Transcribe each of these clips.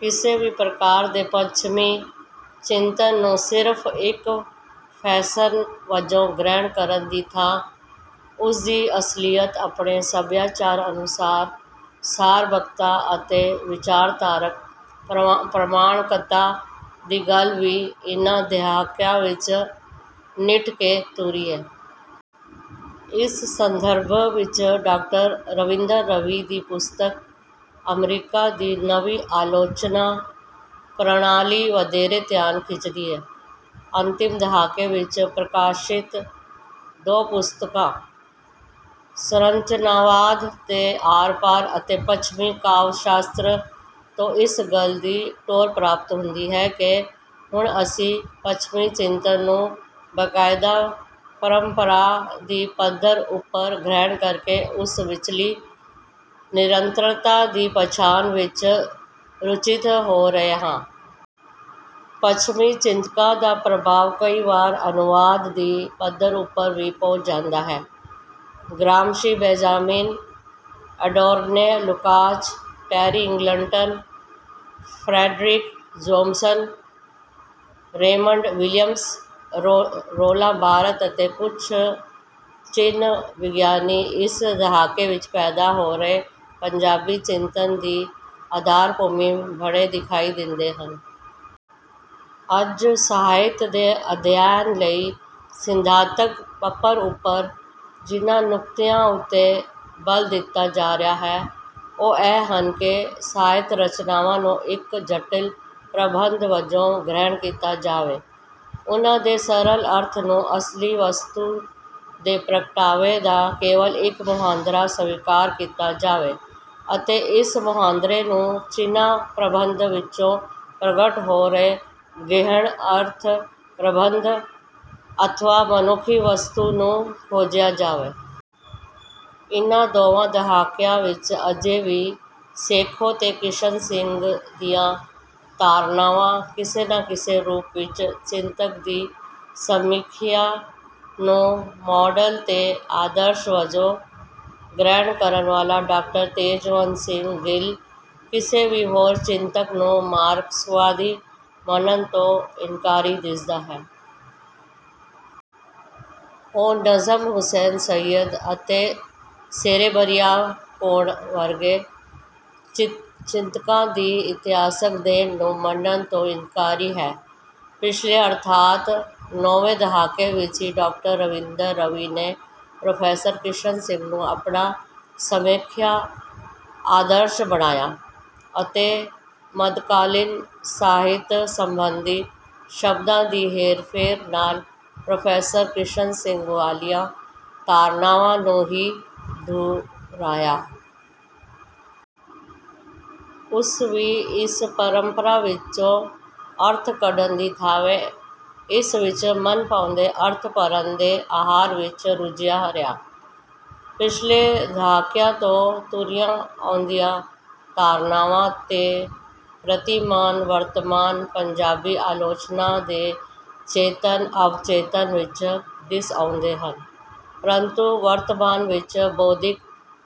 ਕਿਸੇ ਵੀ ਪ੍ਰਕਾਰ ਦੇ ਪੱਛਮੀ ਚਿੰਤਨ ਨੂੰ ਸਿਰਫ ਇੱਕ ਫੈਸਨ ਵਜੋਂ ਗ੍ਰਹਿਣ ਕਰਨ ਦੀ ਥਾਂ ਉਸਦੀ ਅਸਲੀਅਤ ਆਪਣੇ ਸਭਿਆਚਾਰ ਅਨੁਸਾਰ ਸਾਰਥਕਤਾ ਅਤੇ ਵਿਚਾਰਧਾਰਕ ਪ੍ਰਮਾਣਕਤਾ ਦੀ ਗੱਲ ਵੀ ਇਨ੍ਹਾਂ ਦਹਾਕਿਆਂ ਵਿੱਚ ਨਿੱਠ ਕੇ ਤੁਰੀ ਹੈ। ਇਸ ਸੰਦਰਭ ਵਿੱਚ ਡਾਕਟਰ ਰਵਿੰਦਰ ਰਵੀ ਦੀ ਪੁਸਤਕ ਅਮਰੀਕਾ ਦੀ ਨਵੀਂ ਆਲੋਚਨਾ ਪ੍ਰਣਾਲੀ ਵਧੇਰੇ ਧਿਆਨ ਖਿੱਚਦੀ ਹੈ। ਅੰਤਿਮ ਦਹਾਕੇ ਵਿੱਚ ਪ੍ਰਕਾਸ਼ਿਤ ਦੋ ਪੁਸਤਕਾਂ ਸੰਰਚਨਾਵਾਦ ਦੇ ਆਰ ਪਾਰ ਅਤੇ ਪੱਛਮੀ ਕਾਵਿ ਸ਼ਾਸਤਰ ਤੋਂ ਇਸ ਗੱਲ ਦੀ ਟੋਰ ਪ੍ਰਾਪਤ ਹੁੰਦੀ ਹੈ ਕਿ ਹੁਣ ਅਸੀਂ ਪੱਛਮੀ ਚਿੰਤਨ ਨੂੰ ਬਕਾਇਦਾ ਪਰੰਪਰਾ ਦੀ ਪੱਧਰ ਉੱਪਰ ਗ੍ਰਹਿਣ ਕਰਕੇ ਉਸ ਵਿੱਚਲੀ ਨਿਰੰਤਰਤਾ ਦੀ ਪਛਾਣ ਵਿੱਚ ਰੁਚਿਤ ਹੋ ਰਹੇ ਹਾਂ। ਪੱਛਮੀ ਚਿੰਤਕਾਂ ਦਾ ਪ੍ਰਭਾਵ ਕਈ ਵਾਰ ਅਨੁਵਾਦ ਦੀ ਪੱਧਰ ਉੱਪਰ ਵੀ ਪਹੁੰਚ ਜਾਂਦਾ ਹੈ। Gramsci Benjamin Adorno Lukacs Terry Eagleton Fredric Jameson Raymond Williams Roland Barthes ਅਤੇ ਕੁਝ ਚਿੰਨ੍ਹ ਵਿਗਿਆਨੀ ਇਸ ਦਹਾਕੇ ਵਿੱਚ ਪੈਦਾ ਹੋ ਰਹੇ ਪੰਜਾਬੀ ਚਿੰਤਨ ਦੀ ਆਧਾਰ ਭੂਮੀ ਬਣੇ ਦਿਖਾਈ ਦਿੰਦੇ। ਅੱਜ ਸਾਹਿਤ ਦੇ ਅਧਿਐਨ ਲਈ ਸਿਧਾਂਤਕ ਪੱਧਰ ਉੱਪਰ ਜਿਨ੍ਹਾਂ ਨੁਕਤਿਆਂ ਉੱਤੇ ਬਲ ਦਿੱਤਾ ਜਾ ਰਿਹਾ ਹੈ ਉਹ ਇਹ ਹਨ ਕਿ ਸਾਹਿਤ ਰਚਨਾਵਾਂ ਨੂੰ ਇੱਕ ਜਟਿਲ ਪ੍ਰਬੰਧ ਵਜੋਂ ਗ੍ਰਹਿਣ ਕੀਤਾ ਜਾਵੇ ਉਨ੍ਹਾਂ ਦੇ ਸਰਲ ਅਰਥ ਨੂੰ ਅਸਲੀ ਵਸਤੂ ਦੇ ਪ੍ਰਗਟਾਵੇ ਦਾ ਕੇਵਲ ਇੱਕ ਮੁਹਾਂਦਰਾ ਸਵੀਕਾਰ ਕੀਤਾ ਜਾਵੇ ਅਤੇ ਇਸ ਮੁਹਾਂਦਰੇ ਨੂੰ ਚਿੰਨ੍ਹਾਂ ਪ੍ਰਬੰਧ ਵਿੱਚੋਂ ਪ੍ਰਗਟ ਹੋ ਰਹੇ ਗਹਿਨ ਅਰਥ ਪ੍ਰਬੰਧ ਅਥਵਾ ਮਨੁੱਖੀ ਵਸਤੂ ਨੂੰ ਖੋਜਿਆ ਜਾਵੇ। ਇਨ੍ਹਾਂ ਦੋਵਾਂ ਦਹਾਕਿਆਂ ਵਿੱਚ ਅਜੇ ਵੀ ਸੇਖੋਂ ਤੇ ਕਿਸ਼ਨ ਸਿੰਘ ਦੀਆਂ ਧਾਰਨਾਵਾਂ ਕਿਸੇ ਨਾ ਕਿਸੇ ਰੂਪ ਵਿੱਚ ਚਿੰਤਕ ਦੀ ਸਮੀਖਿਆ ਨੂੰ ਮਾਡਲ ਤੇ ਆਦਰਸ਼ ਵਜੋਂ ਗ੍ਰਹਿਣ ਕਰਨ ਵਾਲਾ ਡਾਕਟਰ ਤੇਜਵੰਤ ਸਿੰਘ ਗਿੱਲ ਕਿਸੇ ਵੀ ਹੋਰ ਚਿੰਤਕ ਨੂੰ ਮਾਰਕਸਵਾਦੀ ਮੰਨਣ ਤੋਂ ਇਨਕਾਰੀ ਦਿੱਸਦਾ ਹੈ। ਉਹ ਨਜ਼ਮ ਹੁਸੈਨ ਸੱਯਦ ਅਤੇ ਸੇਰੇਬਰੀਆਕੋਣ ਵਰਗੇ ਚਿੰਤਕਾਂ ਦੀ ਇਤਿਹਾਸਕ ਦੇਣ ਨੂੰ ਮੰਨਣ ਤੋਂ ਇਨਕਾਰੀ ਹੈ। ਪਿਛਲੇ ਅਰਥਾਤ ਨੌਵੇਂ ਦਹਾਕੇ ਵਿੱਚ ਹੀ ਡਾਕਟਰ ਰਵਿੰਦਰ ਰਵੀ ਨੇ ਪ੍ਰੋਫੈਸਰ ਕਿਸ਼ਨ ਸਿੰਘ ਨੂੰ ਆਪਣਾ ਸਮੀਖਿਆ ਆਦਰਸ਼ ਬਣਾਇਆ ਅਤੇ ਮੱਧਕਾਲੀਨ ਸਾਹਿਤ ਸੰਬੰਧੀ ਸ਼ਬਦਾਂ ਦੀ ਹੇਰ ਫੇਰ ਨਾਲ ਪ੍ਰੋਫੈਸਰ ਕਿਸ਼ਨ ਸਿੰਘ ਵਾਲੀਆਂ ਧਾਰਨਾਵਾਂ ਨੂੰ ਹੀ ਦੁਹਰਾਇਆ। ਉਸ ਵੀ ਇਸ ਪਰੰਪਰਾ ਵਿੱਚੋਂ ਅਰਥ ਕੱਢਣ ਦੀ ਥਾਵੇਂ ਇਸ ਵਿੱਚ ਮਨਭਾਉਂਦੇ ਅਰਥ ਭਰਣ ਦੇ ਆਹਾਰ ਵਿੱਚ ਰੁੱਝਿਆ ਰਿਹਾ। ਪਿਛਲੇ ਦਹਾਕਿਆਂ ਤੋਂ ਤੁਰੀਆਂ ਆਉਂਦੀਆਂ ਧਾਰਨਾਵਾਂ ਤੇ ਪ੍ਰਤੀਮਾਨ ਵਰਤਮਾਨ ਪੰਜਾਬੀ ਆਲੋਚਨਾ ਦੇ ਚੇਤਨ ਅਵਚੇਤਨ ਵਿੱਚੋਂ ਦਿੱਸ ਆਉਂਦੇ ਹਨ ਪਰੰਤੂ ਵਰਤਮਾਨ ਵਿੱਚ ਬੌਧਿਕ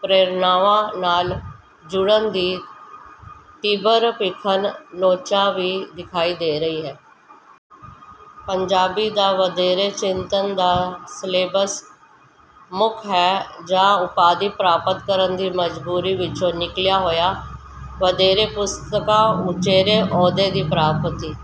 ਪ੍ਰੇਰਨਾਵਾਂ ਨਾਲ ਜੁੜਨ ਦੀ ਤੀਬਰ ਭੀਖਣ ਲੋਚਾ ਵੀ ਦਿਖਾਈ ਦੇ ਰਹੀ ਹੈ। ਪੰਜਾਬੀ ਦਾ ਵਧੇਰੇ ਚਿੰਤਨ ਜਾਂ ਸਲੇਬਸ ਮੁੱਖ ਹੈ ਜਾਂ ਉਪਾਧੀ ਪ੍ਰਾਪਤ ਕਰਨ ਦੀ ਮਜ਼ਬੂਰੀ ਵਿੱਚੋਂ ਨਿਕਲਿਆ ਹੋਇਆ। ਵਧੇਰੇ ਪੁਸਤਕਾਂ ਉਚੇਰੇ ਅਹੁਦੇ ਦੀ ਪ੍ਰਾਪਤੀ